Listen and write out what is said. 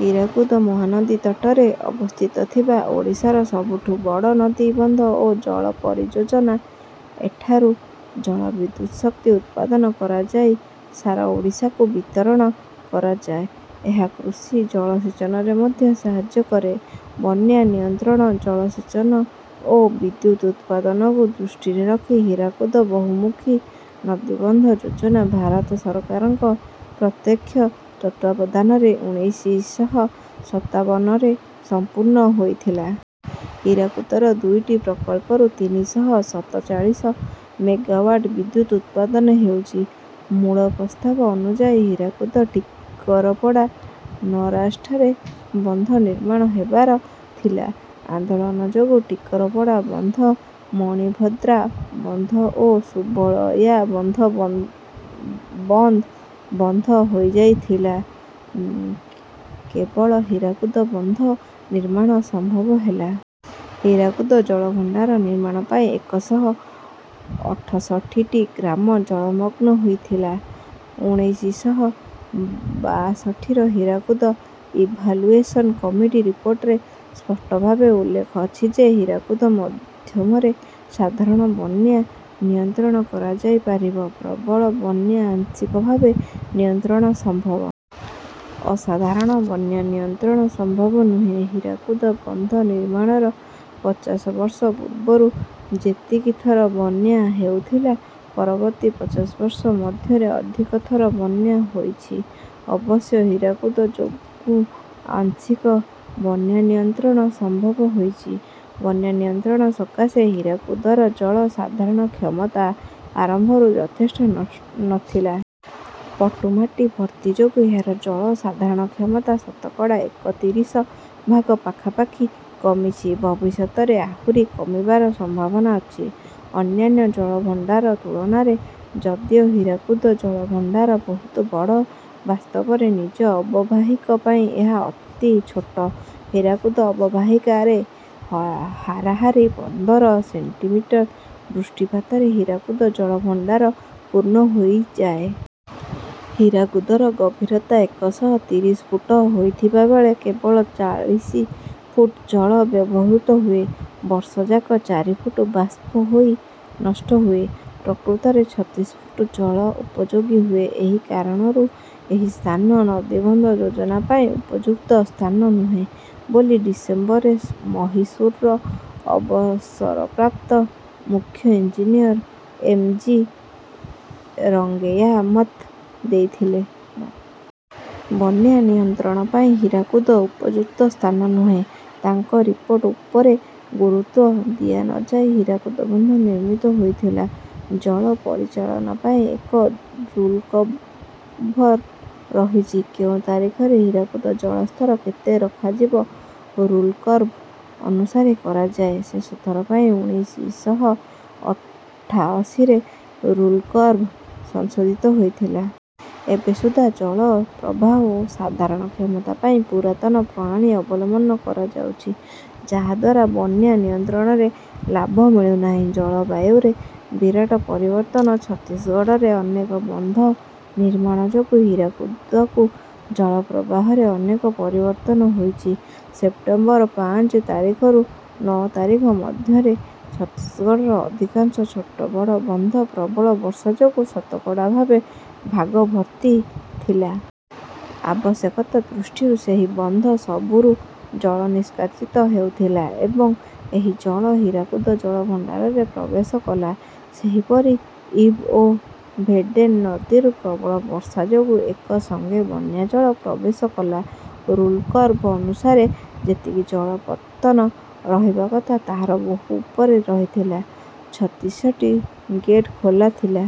ହୀରାକୁଦ ମହାନଦୀ ତଟରେ ଅବସ୍ଥିତଥିବା ଓଡ଼ିଶାର ସବୁଠୁ ବଡ଼ ନଦୀବନ୍ଧ ଓ ଜଳ ପରିଯୋଜନା। ଏଠାରୁ ଜଳ ବିଦ୍ୟୁତ ଶକ୍ତି ଉତ୍ପାଦନ କରାଯାଇ ସାରା ଓଡ଼ିଶାକୁ ବିତରଣ କରାଯାଏ। ଏହା କୃଷି ଜଳସେଚନରେ ମଧ୍ୟ ସାହାଯ୍ୟ କରେ। ବନ୍ୟା ନିୟନ୍ତ୍ରଣ ଜଳସେଚନ ଓ ବିଦ୍ୟୁତ ଉତ୍ପାଦନକୁ ଦୃଷ୍ଟିରେ ରଖି ହୀରାକୁଦ ବହୁମୁଖୀ ନଦୀବନ୍ଧ ଯୋଜନା ଭାରତ ସରକାରଙ୍କ ପ୍ରତ୍ୟକ୍ଷ ତତ୍ତ୍ୱାବଧାନରେ ଉଣେଇଶ ଶହ ସତାବନରେ ସମ୍ପୂର୍ଣ୍ଣ ହୋଇଥିଲା। ହୀରାକୁଦର ଦୁଇଟି ପ୍ରକଳ୍ପରୁ ତିନି ଶହ ସତଚାଳିଶ ମେଗାୱାଟ ବିଦ୍ୟୁତ ଉତ୍ପାଦନ ହେଉଛି। ମୂଳ ପ୍ରସ୍ତାବ ଅନୁଯାୟୀ ହୀରାକୁଦ ଟିକରପଡା ନରାଜଠାରେ ବନ୍ଧ ନିର୍ମାଣ ହେବାର ଥିଲା। ଆନ୍ଦୋଳନ ଯୋଗୁଁ ଟିକରପଡ଼ା ବନ୍ଧ ମଣିଭଦ୍ରା ବନ୍ଧ ଓ ସୁବଳୟା ବନ୍ଧ ବନ୍ଦ ହୋଇଯାଇଥିଲା। କେବଳ ହୀରାକୁଦ ବନ୍ଧ ନିର୍ମାଣ ସମ୍ଭବ ହେଲା। ହୀରାକୁଦ ଜଳଭଣ୍ଡାର ନିର୍ମାଣ ପାଇଁ ଏକ ଶହ ଅଠଷଠିଟି ଗ୍ରାମ ଜଳମଗ୍ନ ହେଇଥିଲା। ଉଣେଇଶ ଶହ ବାଷଠିର ହୀରାକୁଦ ଇଭାଲୁଏସନ କମିଟି ରିପୋର୍ଟରେ ସ୍ପଷ୍ଟଭାବେ ଉଲ୍ଲେଖ ଅଛି ଯେ ହୀରାକୁଦ ମାଧ୍ୟମରେ ସାଧାରଣ ବନ୍ୟା ନିୟନ୍ତ୍ରଣ କରାଯାଇପାରିବ। ପ୍ରବଳ ବନ୍ୟା ଆଂଶିକ ଭାବେ ନିୟନ୍ତ୍ରଣ ସମ୍ଭବ। ଅସାଧାରଣ ବନ୍ୟା ନିୟନ୍ତ୍ରଣ ସମ୍ଭବ ନୁହେଁ। ହୀରାକୁଦ ବନ୍ଧ ନିର୍ମାଣର ପଚାଶ ବର୍ଷ ପୂର୍ବରୁ ଯେତିକି ଥର ବନ୍ୟା ହେଉଥିଲା। ପରବର୍ତ୍ତୀ ପଚାଶ ବର୍ଷ ମଧ୍ୟରେ ଅଧିକ ଥର ବନ୍ୟା ହୋଇଛି। ଅବଶ୍ୟ ହୀରାକୁଦ ଯୋଗୁଁ ଆଂଶିକ ବନ୍ୟାନିୟନ୍ତ୍ରଣ ସମ୍ଭବ ହୋଇଛି। ବନ୍ୟାନିୟନ୍ତ୍ରଣ ସକାଶେ ହୀରାକୁଦର ଜଳ ଧାରଣ କ୍ଷମତା ଆରମ୍ଭରୁ ଯଥେଷ୍ଟ ନ ଥିଲା। ପଟୁମାଟି ଭର୍ତ୍ତି ଯୋଗୁଁ ଏହାର ଜଳ ଧାରଣ କ୍ଷମତା ଶତକଡା ଏକତିରିଶ ଭାଗ ପାଖାପାଖି କମିଛି। ଭବିଷ୍ୟତରେ ଆହୁରି କମିବାର ସମ୍ଭାବନା ଅଛି। ଅନ୍ୟାନ୍ୟ ଜଳଭଣ୍ଡାର ତୁଳନାରେ ଯଦିଓ ହୀରାକୁଦ ଜଳଭଣ୍ଡାର ବହୁତ ବଡ ବାସ୍ତବରେ ନିଜ ଅବବାହିକା ପାଇଁ ଏହା ଅତି ଛୋଟ। ହୀରାକୁଦ ଅବବାହିକାରେ ହାରାହାରି ପନ୍ଦର ସେଣ୍ଟିମିଟର ବୃଷ୍ଟିପାତରେ ହୀରାକୁଦ ଜଳଭଣ୍ଡାର ପୂର୍ଣ୍ଣ ହୋଇଯାଏ। ହୀରାକୁଦର ଗଭୀରତା ଏକ ଶହ ତିରିଶ ଫୁଟ ହୋଇଥିବାବେଳେ କେବଳ ଚାଳିଶ ଫୁଟ ଜଳ ବ୍ୟବହୃତ ହୁଏ। ବର୍ଷ ଯାକ ଚାରି ଫୁଟ ବାଷ୍ପ ହୋଇ ନଷ୍ଟ ହୁଏ। ପ୍ରକୃତରେ ଛତିଶ ଫୁଟ ଜଳ ଉପଯୋଗୀ ହୁଏ। ଏହି କାରଣରୁ ଏହି ସ୍ଥାନ ନଦୀବନ୍ଧ ଯୋଜନା ପାଇଁ ଉପଯୁକ୍ତ ସ୍ଥାନ ନୁହେଁ ବୋଲି ଡିସେମ୍ବରରେ ମହିଶୂରର ଅବସରପ୍ରାପ୍ତ ମୁଖ୍ୟ ଇଞ୍ଜିନିଅର ଏମ ଜି ରଙ୍ଗେୟା ମତ ଦେଇଥିଲେ। ବନ୍ୟା ନିୟନ୍ତ୍ରଣ ପାଇଁ ହୀରାକୁଦ ଉପଯୁକ୍ତ ସ୍ଥାନ ନୁହେଁ। ତାଙ୍କ ରିପୋର୍ଟ ଉପରେ ଗୁରୁତ୍ୱ ଦିଆନଯାଇ ହୀରାକୁଦ ବନ୍ଧ ନିର୍ମିତ ହୋଇଥିଲା। ଜଳ ପରିଚାଳନା ପାଇଁ ଏକ ରୁଲକର୍ଭ ରହିଛି। କେଉଁ ତାରିଖରେ ହୀରାକୁଦ ଜଳ ସ୍ତର କେତେ ରଖାଯିବ ରୁଲକର୍ଭ ଅନୁସାରେ କରାଯାଏ। ଶେଷଥର ପାଇଁ ଉଣେଇଶ ଶହ ଅଠାଅଶୀରେ ରୁଲକର୍ଭ ସଂଶୋଧିତ ହୋଇଥିଲା। ଏବେ ସୁଦ୍ଧା ଜଳ ପ୍ରବାହ ଓ ଧାରଣ କ୍ଷମତା ପାଇଁ ପୁରାତନ ପ୍ରଣାଳୀ ଅବଲମ୍ବନ କରାଯାଉଛି ଯାହାଦ୍ୱାରା ବନ୍ୟା ନିୟନ୍ତ୍ରଣରେ ଲାଭ ମିଳୁନାହିଁ। ଜଳବାୟୁରେ ବିରାଟ ପରିବର୍ତ୍ତନ ଛତିଶଗଡରେ ଅନେକ ବନ୍ଧ ନିର୍ମାଣ ଯୋଗୁଁ ହୀରାକୁଦକୁ ଜଳପ୍ରବାହରେ ଅନେକ ପରିବର୍ତ୍ତନ ହୋଇଛି। ସେପ୍ଟେମ୍ବର ପାଞ୍ଚ ତାରିଖରୁ ନଅ ତାରିଖ ମଧ୍ୟରେ ଛତିଶଗଡ଼ର ଅଧିକାଂଶ ଛୋଟ ବଡ ବନ୍ଧ ପ୍ରବଳ ବର୍ଷା ଯୋଗୁଁ ଶତକଡା ନବେ ଭାଗ ଭର୍ତ୍ତି ଥିଲା। ଆବଶ୍ୟକତା ଦୃଷ୍ଟିରୁ ସେହି ବନ୍ଧ ସବୁରୁ ଜଳ ନିଷ୍କାସିତ ହେଉଥିଲା। ଏବଂ ଏହି ଜଳ ହୀରାକୁଦ ଜଳଭଣ୍ଡାରରେ ପ୍ରବେଶ କଲା। ସେହିପରି ଇବ ଓ ଭେଡେନ ନଦୀରୁ ପ୍ରବଳ ବର୍ଷା ଯୋଗୁଁ ଏକ ସଙ୍ଗେ ବନ୍ୟା ଜଳ ପ୍ରବେଶ କଲା। ରୁଲକର୍ଭ ଅନୁସାରେ ଯେତିକି ଜଳପତ୍ତନ ରହିବା କଥା ତାହାର ବହୁ ଉପରେ ରହିଥିଲା। ଛତିଶଟି ଗେଟ ଖୋଲା ଥିଲା।